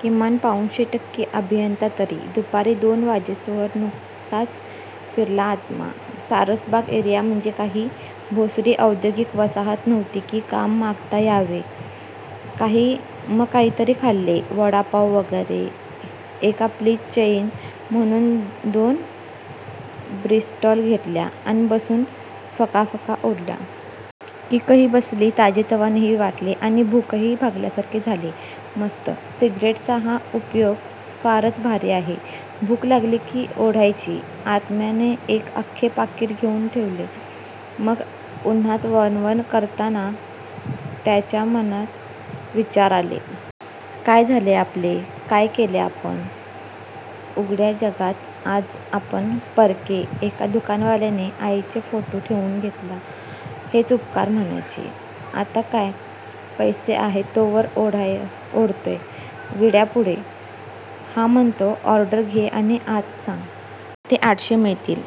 किमान, पाउणशे टक्के अभियंता तरी? दुपारी दोन वाजेस्तोवर नुसताच फिरला आत्मा! सारसबाग एरिया म्हणजे काही भोसरी औद्योगीक वसाहत नव्हती की काम मागता यावे! मग काहीतरी खाल्ले! वडापाव वगैरे! एक आपली चैन म्हणून दोन ब्रिस्टॉल घेतल्या अन बसून फकाफका ओढल्या. किकही बसली, ताजेतवानेही वाटले आणि भूकही भागल्यासारखे झाले. मस्त! सिगारेटचा हा उपयोग फारच भारी आहे. भूक लागली की ओढायची! आत्म्याने एक अख्खे पाकिट घेऊन ठेवले मग! उन्हात वणवण करताना त्याच्या मनात विचार आले. काय झाले आपले? काय केले आपण? उघड्या जगात आज आपण पोरके! एका दुकानवाल्याने आईचा फोटो ठेवून घेतला हेच उपकार म्हणायचे! आता काय? पैसे आहेत तोवर ओढतोय विड्या पुढे? हा म्हणतो, ऑर्डर घे आणि आत सांग! इथे आठशे मिळतील,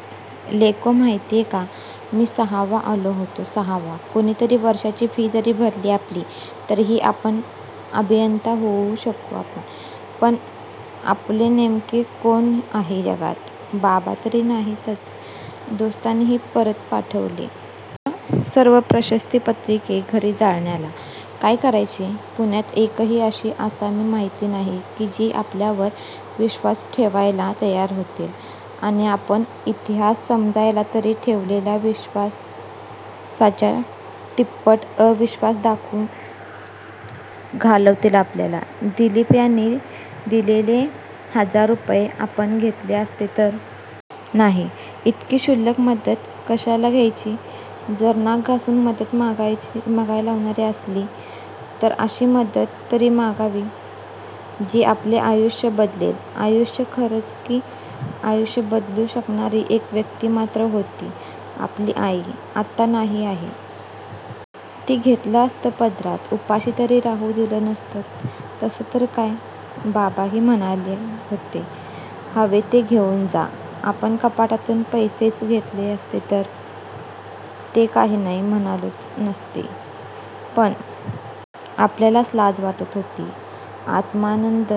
लेको माहितीय का? मी सहाव्वा आलो होतो सहावा! कुणीतरी वर्षाची फी जरी भरली आपली तरीही अभियंता होऊ शकू आपण! पण आपले नेमके कोण आहे जगात? बाबा तर नाहीतच! दोस्तांनीही परत पाठवले. सर्व प्रशस्तीपत्रके घरी जालन्याला! काय करायचे? पुण्यात एकही अशी असामी माहीत नाही की जी आपल्यावर विश्वास ठेवायला तयार होईल! आणि आपला इतिहास समजला तर ठेवलेल्या विश्वासाच्या तिप्पट अविश्वास दाखवून घालवतील आपल्याला! दिलीप यांनी दिलेले हजार रुपये आपण घेतले असते तर? नाही! इतकी क्षुल्लक मदत कशाला घ्यायची? जर नाक घासून मदत मागावीच लागंणार असली. तर अशी मदत तरी मागावी.. जी आपले आयुष्य बदलेल. आयुष्य, खरच की आयुष्य बदलू शकणारी एक व्यक्ती मात्र होती. आपली आई आता नाही आहे. ती घेतलं असतं पदरात उपाशी तरी राहू दिलं नसतं तसं तर काय? बाबाही म्हणाले होते हवे ते घेऊन जा, आपण कपाटातून पैसेच घेतले असते तर? ते काही नाही म्हणालेच नसते.. पण.. आपल्यालाच लाज वाटत होती. आत्मानंद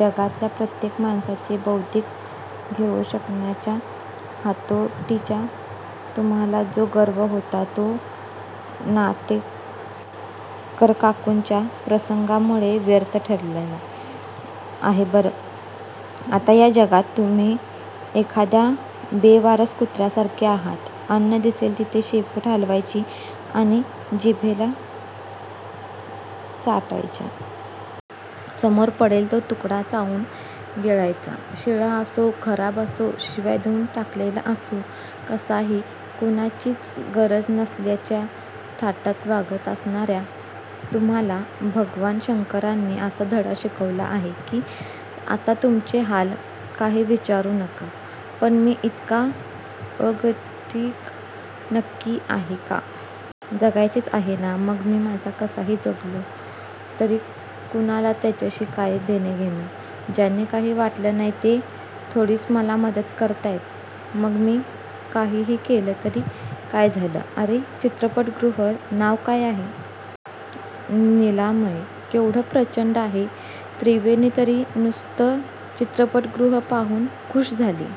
जगातल्या प्रत्येक माणसाचे बौद्धिक घेऊ शकण्याच्या हातोटीचा तुम्हाला जो गर्व होता. तो नाटेकरकाकूंच्या प्रसंगामुळे व्यर्थ ठरलेला आहे बरं? आता या जगात तुम्ही एखाद्या बेवारस कुत्र्यासारखे आहात. अन्न दिसेल तिथे शेपूट हालवायची आणि जिभल्या चाटायच्या. समोर पडेल तो तुकडा चावून गिळायचा. शिळा असो, खराब असो, शिव्या देऊन टाकलेला असो, कसाही कुणाचीच गरज नसल्याच्या थाटात वागत असणार्या तुम्हाला भगवान शंकरांनी असा धडा शिकवला आहे. की, आता तुमचे हाल काही विचारू नका, पण मी इतका अगतिक नक्की आहे का?? जगायचेच आहे ना? मग माझा मी कसाही जगलो तरी कुणाला त्याच्याशी काय देणेघेणे? ज्यांना काही वाटेल ते थोडीच मला मदत करतायत? मग मी काहीही केले तरी काय झाले. अरे! चित्रपटगृह काय नांव आहे? नीलायम! केवढं प्रचंड आहे. त्रिवेणी तर नुसतं चित्रपटगृह पाहूनच खुष झाली.